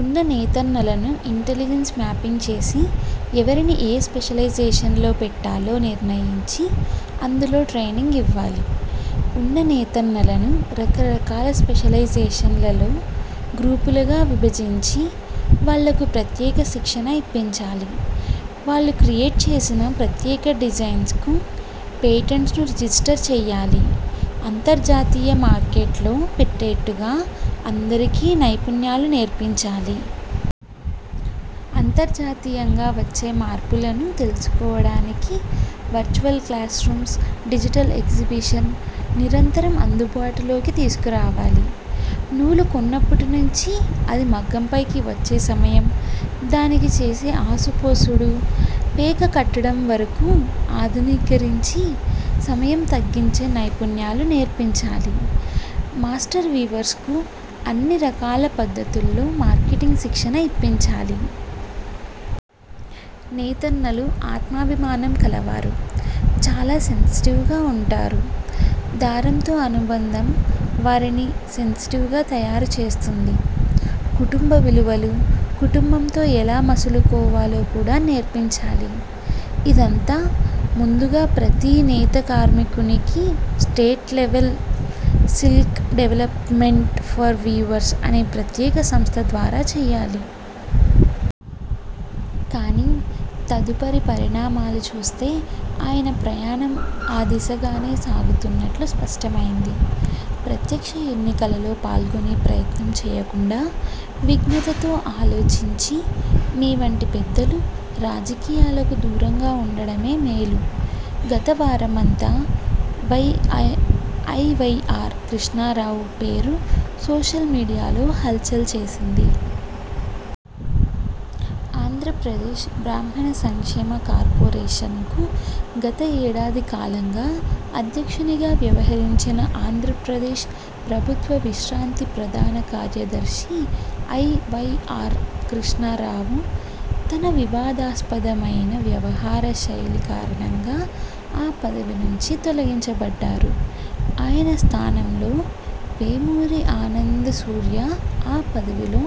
ఉన్న నేతన్నలను intelligence mapping చేసి ఎవరిని ఏ స్పెషలైజేషన్లో పెట్టాలో నిర్ణయించి, అందులో ట్రైనింగ్ ఇవ్వాలి. ఉన్న నేతన్నలను రకరకాల స్పెషలైజేషన్స్లో గ్రూపులుగా విభజించి, వాళ్ళకు ప్రత్యేక శిక్షణ ఇప్పించాలి. వాళ్ళు క్రియేట్ చేసిన ప్రత్యేక డిజైన్స్కు 'పేటెంట్'ను రిజిస్టర్ చెయ్యాలి. అంతర్జాతీయ మార్కెట్లో పెట్టేట్టుగా అందరికీ నైపుణ్యాలు నేర్పించాలి. అంతర్జాతీయంగా వచ్చే మార్పులను తెలుసుకోవడానికి virtual classrooms, digital exhibition నిరంతరం అందుబాటులోకి తీసుకురావాలి. నూలు కొన్నప్పటి నుంచి అది మగ్గం పైకి వచ్చే సమయం, దానికి చేసే ఆసుపోసుడు, పేక కట్టడం వరకు ఆధునీకరించి సమయం తగ్గించే నైపుణ్యాలు నేర్పించాలి. మాస్టర్ వీవర్స్కు అన్ని రకాల పద్ధతుల్లో, మార్కెటింగ్లో శిక్షణ ఇప్పించాలి. నేతన్నలు ఆత్మాభిమానం కలవారు, చాలా సెన్సిటివ్గా వుంటారు. దారంతో అనుబంధం వారిని సెన్సిటివ్గా తయారు చేస్తుంది. కుటుంబ విలువలు, కుటుంబంతో ఎలా మసలుకోవాలో కూడా నేర్పించాలి. ఇదంతా ముందుగా ప్రతీ నేత కార్మికునికి state level skill development for weavers అనే ప్రత్యేక సంస్థ ద్వారా చెయ్యాలి. కానీ తదుపరి పరిణామాలు చూస్తే ఆయన ప్రయాణం ఆ దిశగానే సాగుతున్నట్లు స్పష్టమైంది. ప్రత్యక్ష ఎన్నికలలో పాల్గొనే ప్రయత్నం చేయకుండా విజ్ఞతతో ఆలోచించి మీవంటి పెద్దలు రాజకీయాలకు దూరంగా ఉండడమే మేలు. గత వారమంతా ఐవైఆర్ కృష్ణారావు పేరు సోషల్ మీడియాలో హల్ చల్ చేసింది. ఆంధ్రప్రదేశ్ బ్రాహ్మణ సంక్షేమ కార్పొరేషన్కు గత ఏడాది కాలంగా అధ్యక్షునిగా వ్యవహరించిన ఆంధ్రప్రదేశ్ ప్రభుత్వ విశ్రాంత ప్రధాన కార్యదర్శి ఐవైఆర్ కృష్ణారావు తన వివాదాస్పదమైన వ్యవహారశైలి కారణంగా ఆ పదవి నుంచి తొలగించబడ్డారు. ఆయన స్థానంలో వేమూరి ఆనంద సూర్య ఆ పదవిలో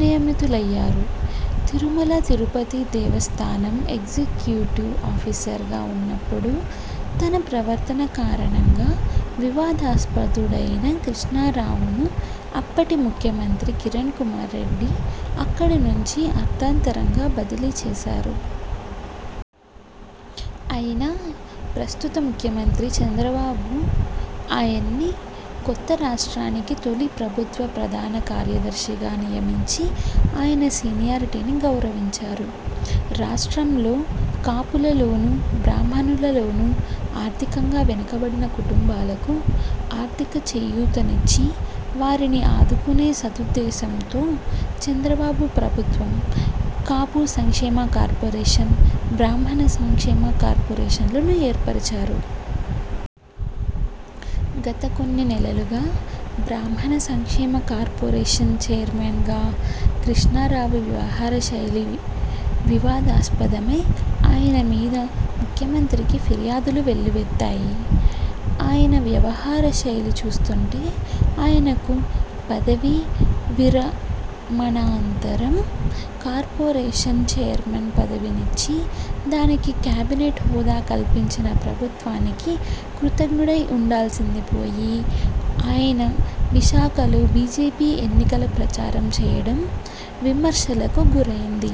నియమితులయ్యారు. తిరుమల తిరుపతి దేవస్థానం ఎగ్జిక్యూటివ్ ఆఫీసర్గా ఉన్నప్పుడు తన ప్రవర్తన కారణంగా వివాదాస్పదుడైన కృష్ణారావును అప్పటి ముఖ్యమంత్రి కిరణ్ కుమార్ రెడ్డి అక్కడి నుంచి అర్థాంతరంగా బదిలీ చేశారు. అయినా ప్రస్తుత ముఖ్యమంత్రి చంద్రబాబు ఆయన్ని కొత్తరాష్ట్రానికి తొలి ప్రభుత్వ ప్రధాన కార్యదర్శిగా నియమించి ఆయన సీనియారిటీని గౌరవించారు. రాష్ట్రంలో కాపులలోనూ, బ్రాహ్మణులలోనూ ఆర్థికంగా వెనుకబడిన కుటుంబాలకు ఆర్థిక చేయూతనిచ్చి, వారిని ఆదుకునే సదుద్దేశంతో చంద్రబాబు ప్రభుత్వం కాపు సంక్షేమ కార్పొరేషన్, బ్రాహ్మణ సంక్షేమ కార్పొరేషన్లను ఏర్పరచారు. గత కొన్ని నెలలుగా బ్రాహ్మణ సంక్షేమ కార్పొరేషన్ చైర్మన్గా కృష్ణారావు వ్యవహారశైలి వివాదాస్పదమై, ఆయన మీద ముఖ్యమంత్రికి ఫిర్యాదులు వెల్లువెత్తాయి. ఆయన వ్యవహారశైలి చూస్తుంటే ఆయనకు పదవీ విరమణానంతరం కార్పొరేషన్ చైర్మన్ పదవినిచ్చి, దానికి కేబినెట్ హోదా కల్పించిన ప్రభుత్వానికి కృతజ్ఞుడై ఉండాల్సింది పోయి, ఆయన విశాఖలో బీజేపీకి ఎన్నికల ప్రచారం చేయడం విమర్శలకు గురైంది.